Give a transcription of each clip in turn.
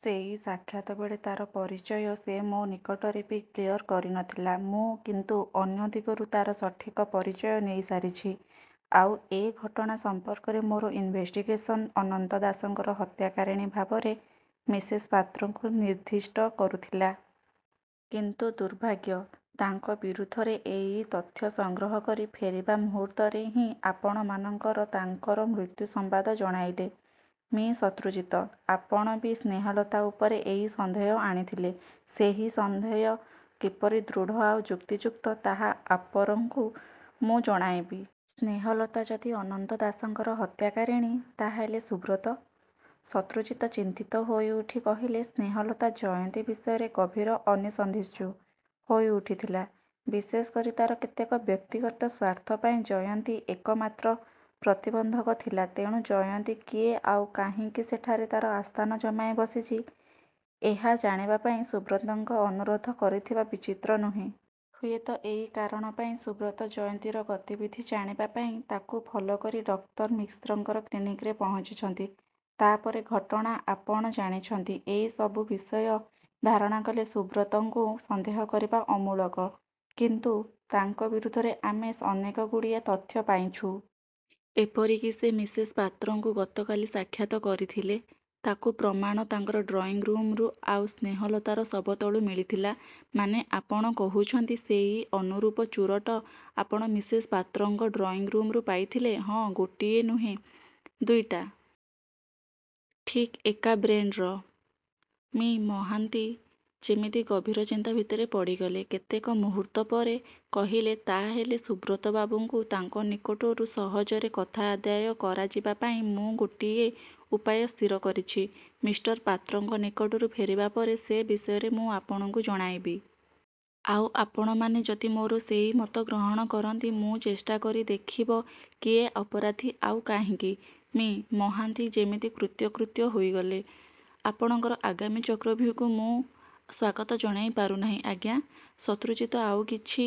ସେଇ ସାକ୍ଷାତବେଳେ ତା'ର ପରିଚୟ ସେ ମୋ ନିକଟରେ ବି କ୍ଲିଅର କରି ନ ଥିଲା। ମୁଁ କିନ୍ତୁ ଅନ୍ୟଦିଗରୁ ତା'ର ସଠିକ ପରିଚୟ ନେଇସାରିଛି। ଆଉ ଏଇ ଘଟଣା ସଂପର୍କରେ ମୋର ଇନ୍ଭେଷ୍ଟିଗେସନ ଅନନ୍ତ ଦାସଙ୍କର ହତ୍ୟାକାରିଣୀ ଭାବରେ ମିସେସ ପାତ୍ରଙ୍କୁ ନିର୍ଦ୍ଦିଷ୍ଟ କରୁଥିଲା କିନ୍ତୁ ଦୁର୍ଭାଗ୍ୟ, ତାଙ୍କ ବିରୁଦ୍ଧରେ ଏଇ ତଥ୍ୟ ସଂଗ୍ରହ କରି ଫେରିବା ମୁହୂର୍ତ୍ତରେ ହିଁ ଆପଣମାଙ୍କର ତାଙ୍କର ମୃତ୍ୟୁ ସମ୍ୱାଦ ଜଣାଇଲେ। ' 'ମି: ଶତ୍ରୁଜିତ! ' 'ଆପଣ ବି ସ୍ନେହଲତା ଉପରେ ଏଇ ସନ୍ଦେହ ଆଣିଥିଲେ। ସେହି ସନ୍ଦେହ କିପରି ଦୃଢ଼ ଆଉ ଯୁକ୍ତିଯୁକ୍ତ ତାହା ଆପରଙ୍କୁ ମୁଁ ଜଣାଇବି। ' 'ସ୍ନେହଲତା ଯଦି ଅନନ୍ତ ଦାସଙ୍କର ହତ୍ୟାକାରୀଣୀ ତା ହେଲେ ସୁବ୍ରତ? ' ଶତ୍ରୁଜିତ ଚିନ୍ତିତ ହୋଇଉଠି କହିଲେ, 'ସ୍ନେହଲତା ଜୟନ୍ତୀ ବିଷୟରେ ଗଭୀର ଅନିସନ୍ଧିତ୍ସୁ ହୋଇଉଠିଥିଲା। ବିଶେଷ କରି ତାର କେତେକ ବ୍ୟକ୍ତିଗତ ସ୍ୱାର୍ଥ ପାଇଁ ଜୟନ୍ତୀ ଏକମାତ୍ର ପ୍ରତିବନ୍ଧକ ଥିଲା। ତେଣୁ ଜୟନ୍ତୀ କିଏ ଆଉ କାହିଁକି ସେଠାରେ ତା'ର ଆସ୍ଥାନ ଜମାଇ ବସିଛି ଏହା ଜାଣିବାପାଇଁ ସୁବ୍ରତଙ୍କ ଅନୁରୋଧ କରିଥିବା ବିଚିତ୍ର ନୁହେଁ। ହୁଏତ ଏଇ କାରଣ ପାଇଁ ସୁବ୍ରତ ଜୟନ୍ତୀର ଗତିବିଧି ଜାଣିବାପାଇଁ ତାକୁ ଫଲୋ କରି ଡକ୍ଟର ମିଶ୍ରଙ୍କର କ୍ଲିନିକରେ ପହଞ୍ଚିଛନ୍ତି। ତାପରେ ଘଟଣା ଆପଣ ଜାଣିଛନ୍ତି। ଏଇ ସବୁ ବିଷୟ ଧାରଣ କଲେ ସୁବ୍ରତଙ୍କୁ ସନ୍ଦେହ କରିବା ଅମୂଳକ। କିନ୍ତୁ ତାଙ୍କ ବିରୁଦ୍ଧରେ ଆମେ ଅନେକଗୁଡ଼ିଏ ତଥ୍ୟ ପାଇଛୁଁ। ଏପରିକି ସେ ମିସେସ ପାତ୍ରଙ୍କୁ ଗତକାଲି ସାକ୍ଷାତ କରିଥିଲେ। ତାକୁ ପ୍ରମାଣ ତାଙ୍କର ଡ୍ରଇଂ ରୁମ୍ରୁ ଆଉ ସ୍ନେହ ଲତାର ଶବତଳୁ ମିଳିଥିଲା। ' 'ମାନେ, ଆପଣ କହୁଛନ୍ତି, ସେଇ ଅନୁରୂପ ଚୁରଟ ଆପଣ ମିସେସ ପାତ୍ରଙ୍କ ଡ୍ରଇଂ ରୁମ୍ରୁ ପାଇଥିଲେ? ' 'ହଁ, ଗୋଟିଏ ନୁହେଁ, ଦୁଇଟା। ଠିକ୍ ଏକା ବ୍ରେଣ୍ତର। ' ମି: ମହାନ୍ତି ଯେମିତି ଗଭୀର ଚିନ୍ତା ଭିତରେ ପଡ଼ିଗଲେ। କେତେକ ମୁହୂର୍ତ୍ତପରେ କହିଲେ, 'ତା' ହେଲେ ସୁବ୍ରତବାବୁଙ୍କୁ 'ତାଙ୍କ ନିକଟରୁ ସହଜରେ କଥା ଆଦାୟ କରାଯିବାପାଇଁ ମୁଁ ଗୋଟିଏ ଉପାୟ ସ୍ଥିର କରିଛି। ମିଷ୍ଟର ପାତ୍ରଙ୍କ ନିକଟରୁ ଫେରିବା ପରେ ସେ ବିଷୟରେ ମୁଁ ଆପଣଙ୍କୁ ଜଣାଇବି। ଆଉ ଆପଣମାନେ ଯଦି ମୋର ସେଇ ମତ ଗ୍ରହଣ କରନ୍ତି, ମୁଁ ଚେଷ୍ଟା କରି ଦେଖିବ କିଏ ଅପରାଧୀ ଆଉ କାହିଁକି? ମି: ମହାନ୍ତି ଯେମିତି କୃତକୃତ୍ୟ ହୋଇଗଲେ–'ଆପଣଙ୍କର ଆଗାମୀ ଚକ୍ରବ୍ୟୂହକୁ ମୁଁ ସ୍ୱାଗତ ଜଣାଇ ରହିପାରୁନାହିଁ, ଅଜ୍ଞା! ଶତ୍ରୁଜିତ ଆଉ କିଛି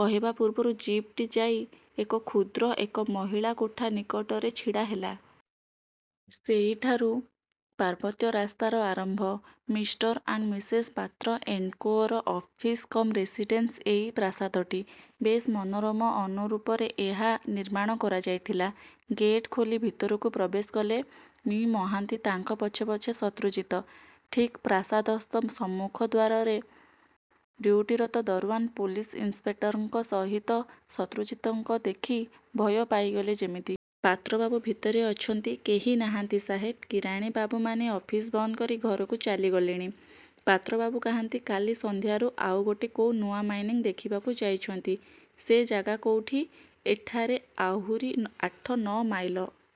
କହିବା ପୂର୍ବରୁ ଜିପ୍ଟି ଯାଇ ଏକ କ୍ଷୁଦ୍ର ଏକ ମହିଳା କୋଠା ନିକଟରେ ଛିଡ଼ା ହେଲା। ସେଇଠାରୁ ପାର୍ବତ୍ୟ ରାସ୍ତାର ଆରମ୍ଭ। ''ମିଷ୍ଟର ଆଣ୍ତ ମିସେସ ପାତ୍ର ଏଣ୍ତ୍କୋ''ର ଅଫିସ କମ୍ ରେସିଡ଼େନ୍ସ ଏଇ ପ୍ରାସାଦଟି। ବେଶ୍ ମନୋରମ ଅନୁରୂପରେ ଏହା ନିର୍ମାଣ କରାଯାଇଥିଲା। ଗେଟ ଖୋଲି ଭିତରକୁ ପ୍ରବେଶ କଲେ ମି: ମହାନ୍ତି, ତାଙ୍କ ପଛେ ପଛେ ଶତ୍ରୁଜିତ। ଠିକ୍ ପ୍ରାସାଦସ୍ଥ ସମ୍ମୁଖଦ୍ୱାରରେ ଡିଉଟିରତ ଦରଓ୍ୟାନ ପୋଲିସ ଇନ୍ସ୍ପେକ୍ଟରଙ୍କ ସହିତ ଶତ୍ରୁଜିତଙ୍କ ଦେଖି ଭୟ ପାଇଗଲେ ଯେମିତି। 'ପାତ୍ରବାବୁ ଭିତରେ ଅଛନ୍ତି? ' 'କେହି ନାହାନ୍ତି, ସାହେବ! କିରାଣୀବାବୁ ମାନେ ଅଫିସ ବନ୍ଦ କରି ଘରକୁ ଚାଲିଗଲେଣି? ' 'ପାତ୍ରବାବୁ କାହାନ୍ତି? ' 'କାଲି ସନ୍ଧ୍ୟାରୁ ଆଉ ଗୋଟେ କୋଉ ନୂଆ ମାଇନିଂ ଦେଖିବାକୁ ଯାଇଛନ୍ତି। ' 'ସେ ଯାଗା କୋଉଠି? ' 'ଏଠାରେ ଆହୁରି ଆଠ ନଅ ମାଇଲ